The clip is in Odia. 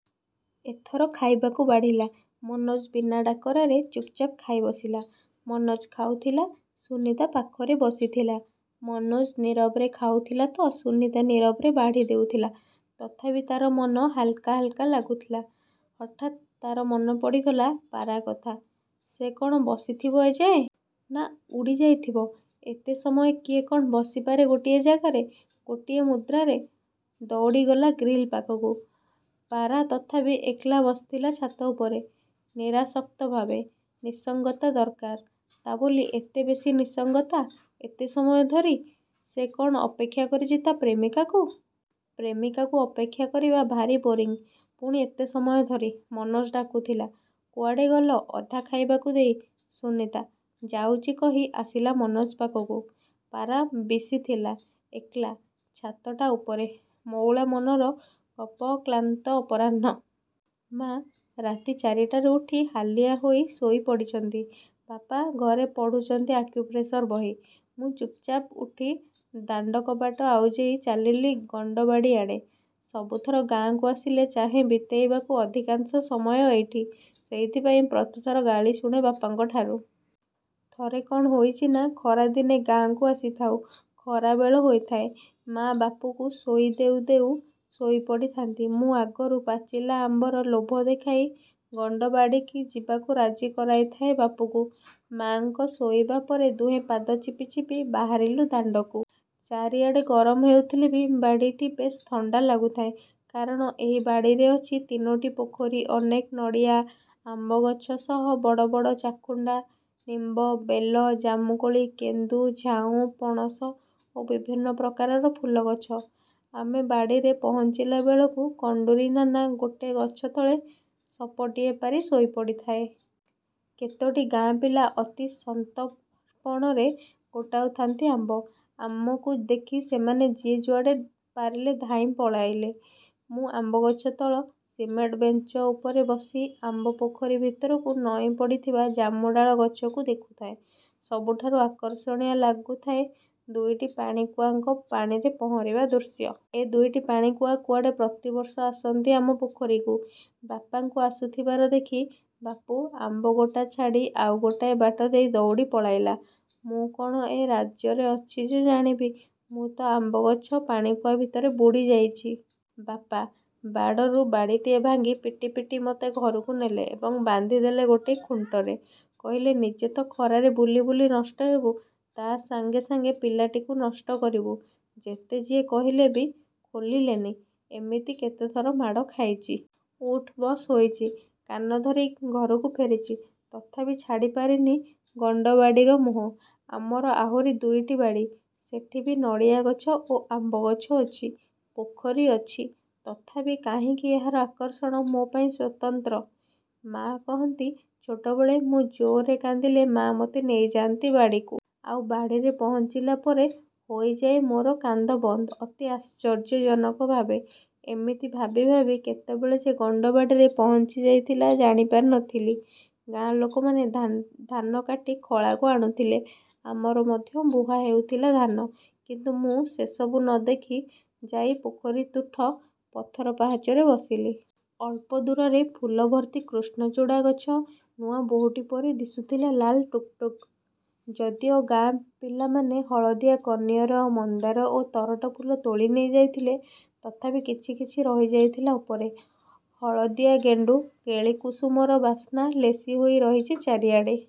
ଏଥର ଖାଇବାକୁ ବାଢ଼ିଲା। ମନୋଜ ବିନା ଡକରାରେ ଚୁପ୍ଚାପ୍ ଖାଇବସିଲା। ମନୋଜ ଖାଉଥିଲା। ସୁନୀତା ପାଖରେ ବସିଥିଲା। ମନୋଜ ନୀରବରେ ଖାଉଥିଲାତ ସୁନୀତା ନୀରବରେ ବାଢ଼ି ଦେଉଥିଲା। ତଥାପି ତା'ର ମନ ହାଲ୍କା ହାଲ୍କା ଲାଗୁଥିଲା। ହଠାତ୍ ତା'ର ମନେପଡ଼ିଗଲା ପାରା କଥା। ସେ କ'ଣ ବସିଥିବ ଏଯାଏ। ନା.. ଉଡ଼ି ଯାଇଥିବ। ଏତେ ସମୟ କିଏ କ'ଣ ବସିପାରେ ଗୋଟିଏ ଯାଗାରେ। ଗୋଟିଏ ମୁଦ୍ରାରେ। ଦଉଡ଼ିଗଲା ଗ୍ରୀଲ୍ ପାଖକୁ। ପାରା ତଥାପି ଏକ୍ଲା ବସିଥିଲା ଛାତ ଉପରେ। ନିରାଶକ୍ତ ଭାବେ। ନିସଙ୍ଗତା ଦରକାର। ତା'ବୋଲି ଏତେବେଶୀ ନିସଙ୍ଗତା ଏତେ ସମୟଧରି। ସେ କ'ଣ ଅପେକ୍ଷା କରିଛି ତା' ପ୍ରେମିକାକୁ? ପ୍ରେମିକାକୁ ଅପେକ୍ଷା କରିବା ଭାରି ବୋରିଂ। ପୁଣି ଏତେ ସମୟ ଧରି। ମନୋଜ ଡାକୁଥିଲା-''କୁଆଡ଼େ ଗଲ ଅଧା ଖାଇବାକୁ ଦେଇ। '' ସୁନୀତା ''ଯାଉଛି' କହି ଆସିଲା ମନୋଜ ପାଖକୁ। ପାରା ତଥାପି ବିସିଥିଲା। ଏକ୍ଲା। ଛାତଟା ଉପରେ। '' ମଉଳା ମନର ଗପ କ୍ଳାନ୍ତ ଅପରାହ୍ନ। ମା' ରାତି ଚାରିଟାରୁ ଉଠି ହାଲିଆ ହୋଇ ଶୋଇ ପଡ଼ିଛନ୍ତି। ବାପା ସେ ଘରେ ପଢ଼ୁଛନ୍ତି ଆକ୍ୟୁପ୍ରେସର ବହି। ମୁଁ ଚୁପ୍ଚାପ୍ ଉଠି ଦାଣ୍ଡକବାଟ ଆଉଜେଇ ଚାଲିଲି ଗଣ୍ଡବାଡ଼ି ଆଡ଼େ। ସବୁଥର ଗାଁକୁ ଆସିଲେ ଚାହେଁ ବିତାଇବାକୁ ଅଧିକାଂଶ ସମୟ ଏଇଠି। ସେଇଥିପାଇଁ ପ୍ରତିଥର ଗାଳି ଶୁଣେ ବାପାଙ୍କଠାରୁ। ଥରେ କ'ଣ ହୋଇଛି ନା ଖରାଦନେ ଗାଁକୁ ଆସିଥାଉ। ଖରାବେଳ ହୋଇଥାଏ। ମା'ବାପୁକୁ ଶୋଇ ଦେଉ ଦେଉ ଶୋଇ ପଡ଼ିଥାନ୍ତି। ମୁଁ ଆଗରୁ ପାଚିଲା ଆମ୍ବର ଲୋଭ ଦେଖାଇ ଗଣ୍ଡବାଡ଼ିକି ଯିବାକୁ ରାଜି କରାଇଥାଏ ବାପୁକୁ। ମା'ଙ୍କ ଶୋଇବା ପରେ ଦୁହେଁ ପାଦ ଚିପିଚିପି ବାହାରିଲୁ ଦାଣ୍ଡକୁ। ଚାରିଆଡ଼େ ଗରମ ହେଉଥିଲେ ବି ବାଡ଼ିଟି ବେଶ୍ ଥଣ୍ଡା ଲାଗୁଥାଏ। କାରଣ ଏହି ବାଡ଼ିରେ ଅଛି ତିନୋଟି ପୋଖରୀ, ଅନେକ ନଡ଼ିଆ, ଆମ୍ବଗଛ ସହ ବଡ଼ ବଡ଼ ଚାକୁଣ୍ଡା, ନୀମ୍ବ, ବେଲ, ଜାମୁକୋଳି, କେନ୍ଦୁ, ଝାଉଁ, ପଣସ ଓ ବଭିନ୍ନ ପ୍ରକାରର ଫୁଲଗଛ। ଆମେ ବାଡ଼ିରେ ପହଞ୍ଚିଲାବେଳକୁ କଣ୍ଡୁରୀ ନାନା ଗୋଟେ ଗଛତଳେ ସପଟିଏ ପାରି ଶୋଇପଡ଼ିଥାଏ। କେତୋଟି ଗାଁ ପିଲା ଅତି ସନ୍ତର୍ପଣରେ ଗୋଟାଉଥାନ୍ତି ଆମ୍ବ। ଆମକୁ ଦେଖି ସେମାନେ ଯିଏ ଯୁଆଡ଼େ ପାରିଲେ ଧାଇଁ ପଳେଇଲେ। ମୁଁ ଆମ୍ବଗଛ ତଳ ସିମେଣ୍ଟ ବେଞ୍ଚ ଉପରେ ବସି ଆମ୍ବଗଛ ପୋଖରୀ ଭିତରକୁ ନଇଁ ପଡ଼ିଥିବା ଜାମୁଡାଳ ଗଛକୁ ଦେଖୁଥାଏ। ସବୁଠାରୁ ଆକର୍ଷଣୀୟ ଲାଗୁଥାଏ ଦୁଇଟି ପାଣିକୁଆଙ୍କ ପାଣିରେ ପହଁରିବା ଦୃଶ୍ୟ। ଏ ଦୁଇଟି ପାଣିକୁଆ କୁଆଡ଼େ ପ୍ରତିବର୍ଷ ଆସନ୍ତି ଆମ ପୋଖରୀକୁ। ବାପାଙ୍କୁ ଆସୁଥିବାର ଦେଖି ବାପୁ ଆମ୍ବ ଗୋଟା ଛାଡ଼ି ଆଉ ଗୋଟାଏ ବାଟଦେଇ ଦଉଡ଼ି ପଳାଇଲା। ମୁଁ କ'ଣ ଏ ରାଜ୍ୟରେ ଅଛି ଯେ ଜାଣିବି। ମୁଁ ତ ଆମ୍ବଗଛ, ପାଣିକୁଆ ଭିତରେ ବୁଡ଼ିଯାଇଛି। ବାପା। ବାଡ଼ରୁ ବାଡ଼ିଟିଏ ଭାଙ୍ଗି ପିଟି ପିଟି ମୋତେ ଘରକୁ ନେଲେ ଏବଂ ବାନ୍ଧିଦେଲେ ଗୋଟେ ଖୁଣ୍ଟରେ। କହିଲେ, ନିଜେ ତ ଖରାରେ ବୁଲି ବୁଲି ନଷ୍ଟ ହେବୁ ତା' ସାଙ୍ଗେ ସାଙ୍ଗେ ପିଲାଟିକୁ ନଷ୍ଟ କରିବୁ। ଯେତେ ଯିଏ କହିଲେ ବି ଖୋଲିଲେନି। ଏମିତି କେତେଥର ମାଡ଼ ଖାଇଛି। ଉଠ୍ ବସ୍ ହୋଇଛି। କାନଧରି ଘରକୁ ଫେରିଛି-। ତଥାପି ଛାଡ଼ିପାରିନି ଗଣ୍ଡବାଡ଼ିର ମୋହ। ଆମର ଆହୁରି ଦୁଇଟି ବାଡ଼ି, ସେଠି ବି ନଡ଼ିଆଗଛ ଓ ଆମ୍ବଗଛ ଅଛି। ପୋଖରି ଅଛି। ତଥାପି କାହିଁକି ଏହାର ଆକର୍ଷଣ ମୋ'ପାଇଁ ସ୍ୱତନ୍ତ୍ର। ମା' କହନ୍ତି, ଛୋଟବେଳେ ମୁଁ ଜୋରରେ କାନ୍ଦିଲେ ମା' ମୋତେ ନେଇଯାଆନ୍ତି ବାଡ଼ିକୁ। ଆଉ ବାଡ଼ିରେ ପହଞ୍ଚିଲା ପରେ ହୋଇଯାଏ ମୋର କାନ୍ଦ ବନ୍ଦ ଅତି ଆଶ୍ଚର୍ଯ୍ୟଜନକ ଭାବେ। ଏମିତି ଭାବି ଭାବି କେତେବେଳେ ଯେ ଗଣ୍ଡବାଡ଼ିରେ ପହଞ୍ଚି ଯାଇଥିଲା ଜାଣିପାରିନଥିଲି। ଗାଁ ଲୋକମାନେ ଧାନ କାଟି ଖଳାକୁ ଆଣୁଥିଲେ। ଆମର ମଧ୍ୟ ବୁହା ହେଉଥିଲା ଧାନ। କିନ୍ତୁ ମୁଁ ସେସବୁ ନ ଦେଖି, ଯାଇ ପୋଖରୀ ତୁଠ ପଥର ପାହାଚରେ ବସିଲି। ଅଳ୍ପ ଦୂରରେ ଫୁଲଭର୍ତ୍ତି କୃଷ୍ଣଚୂଡ଼ା ଗଛ ନୂଆ ବୋହୂଟି ପରି ଦିଶୁଥିଲା ଲାଲ୍ ଟୁକ୍ଟୁକ୍। ଯଦିଓ ଗାଁ ପିଲାମାନେ ହଳଦିଆ କନିଅର, ମନ୍ଦାର ଓ ତରାଟ ଫୁଲ ତୋଳି ନେଇଯାଇଥିଲେ, ତଥାପି କିଛି କିଛି ରହିଯାଇଥିଲା ଉପରେ। ହଳଦିଆ ଗେଣ୍ଡୁ, କେଳିକୁଷୁମର ବାସ୍ନା ଲେସି ହୋଇଛି ଚାରିଆଡ଼େ-।